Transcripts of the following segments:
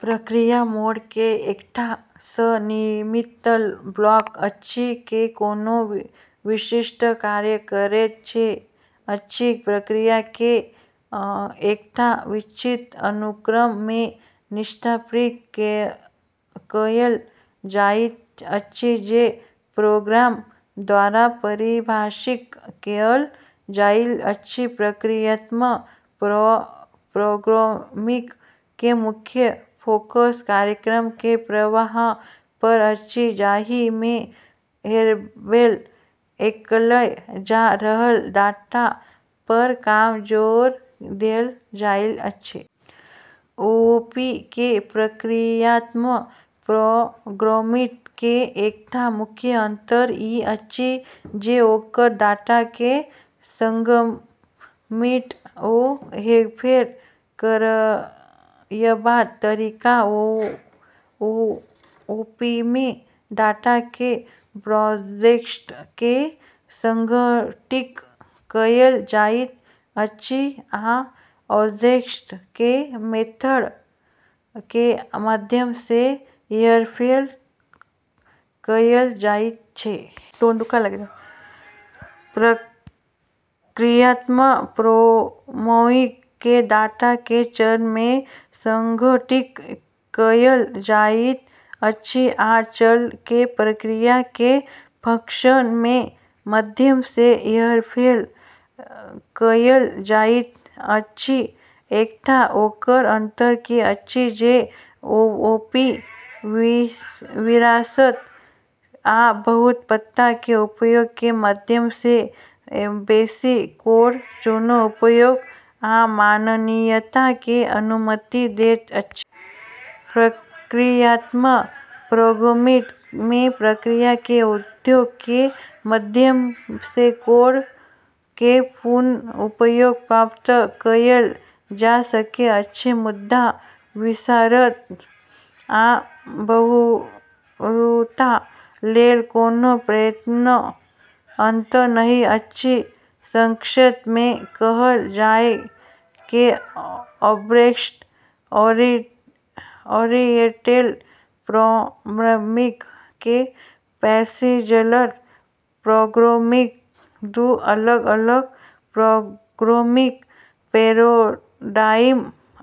प्रक्रिया कोड के एकटा स्व-निर्मित ब्लॉक अछि जे कोनो विशिष्ट कार्य करैत अछि। प्रक्रिया के एकटा विशिष्ट अनुक्रम मे निष्पादित कएल जाइत अछि जे प्रोग्रामर द्वारा परिभाषित कएल जाइत अछि। प्रक्रियात्मक प्रोग्रामिंग के मुख्य फोकस कार्यक्रम के प्रवाह पर अछि, जाहि मे हेरफेर कएल जा रहल डाटा पर कम जोर देल जाइत अछि। ओओपी आ प्रक्रियात्मक प्रोग्रामिंग मे एकटा मुख्य अंतर ई अछि जे ओकर डाटा के संगठित आ हेरफेर करयबाक तरीका। ओओपी मे, डाटा केँ ऑब्जेक्ट मे संगठित कएल जाइत अछि, आ ऑब्जेक्ट के मेथड के माध्यम सँ हेरफेर कएल जाइत अछि। प्रक्रियात्मक प्रोग्रामिंग मे डाटा केँ चर मे संगठित कएल जाइत अछि, आ चर केँ प्रक्रिया या फंक्शन के माध्यम सँ हेरफेर कएल जाइत अछि। एकटा आओर अंतर ई अछि जे ओओपी विरासत आ बहुरूपता के उपयोग के माध्यम सँ बेसी कोड पुन: उपयोग आ मापनीयता के अनुमति दैत अछि। प्रक्रियात्मक प्रोग्रामिंग मे प्रक्रिया के उपयोग के माध्यम सँ कोड के पुन: उपयोग प्राप्त कएल जा सकैत अछि, मुदा विरासत या बहुरूपता लेल कोनो प्रत्यक्ष तंत्र नहि अछि। संक्षेप मे कहल जाए तँ ऑब्जेक्ट-ओरिएंटेड प्रोग्रामिंग आ प्रोसीजरल प्रोग्रामिंग दू अलग-अलग प्रोग्रामिंग पैराडाइम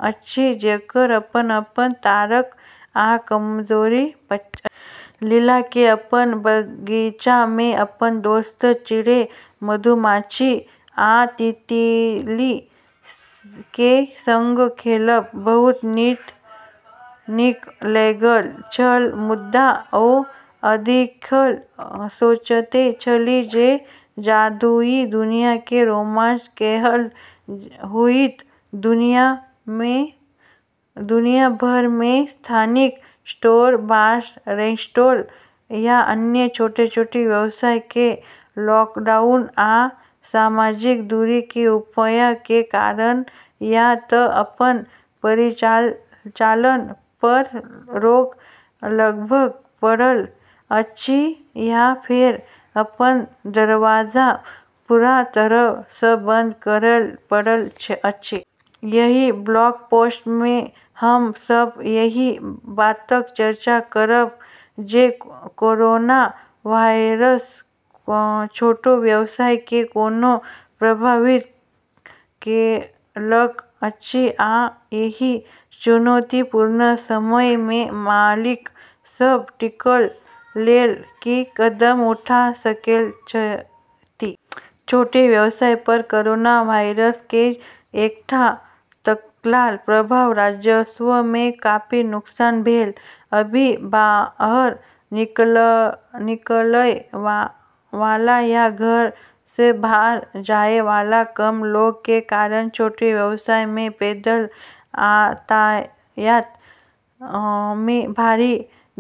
अछि, जेकर अपन-अपन ताकत आ कमजोरी अछि। लीला केँ अपन बगीचा मे अपन दोस्त, चिड़ै, मधुमाछी, आ तितली के संग खेलब बहुत नीक लगैत छल। मुदा ओ सदिखन सोचैत छली जे जादुई दुनिया मे रोमांच केहन होइत। दुनिया भर मे स्थानीय स्टोर, बार, रेस्टोरेंट, आ अन्य छोट-छोट व्यवसाय केँ लॉकडाउन आ सामाजिक दूरी के उपाय के कारण या तँ अपन परिचालन पर रोक लगाबय पड़ल अछि या फेर अपन दरवाजा पूरा तरह सँ बंद करय पड़ल अछि। एहि ब्लॉग पोस्ट मे हम सब एहि बातक चर्चा करब जे कोरोना वायरस छोट व्यवसाय केँ कोना प्रभावित केलक अछि, आ एहि चुनौतीपूर्ण समय मे मालिक सब टिकय लेल की कदम उठा सकैत छथि। छोट व्यवसाय पर कोरोना वायरस के एकटा तत्काल प्रभाव राजस्व मे काफी नुकसान भेल अछि। बाहर निकलय वाला या घर सँ बाहर जाए वाला कम लोग के कारण छोट व्यवसाय मे पैदल यातायात मे भारी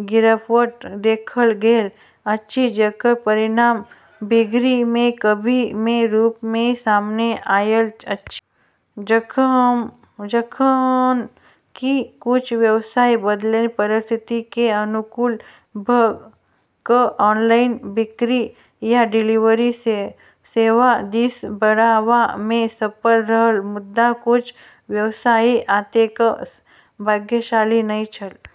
गिरावट देखल गेल अछि, जेकर परिणाम बिक्री मे कमी के रूप मे सामने आएल अछि। जखन कि किछु व्यवसाय बदलैत परिस्थिति के अनुकूल भ' क' ऑनलाइन बिक्री या डिलीवरी सेवा दिस बढ़बा मे सफल रहल, मुदा किछु व्यवसायी ओतेक भाग्यशाली नहि छल।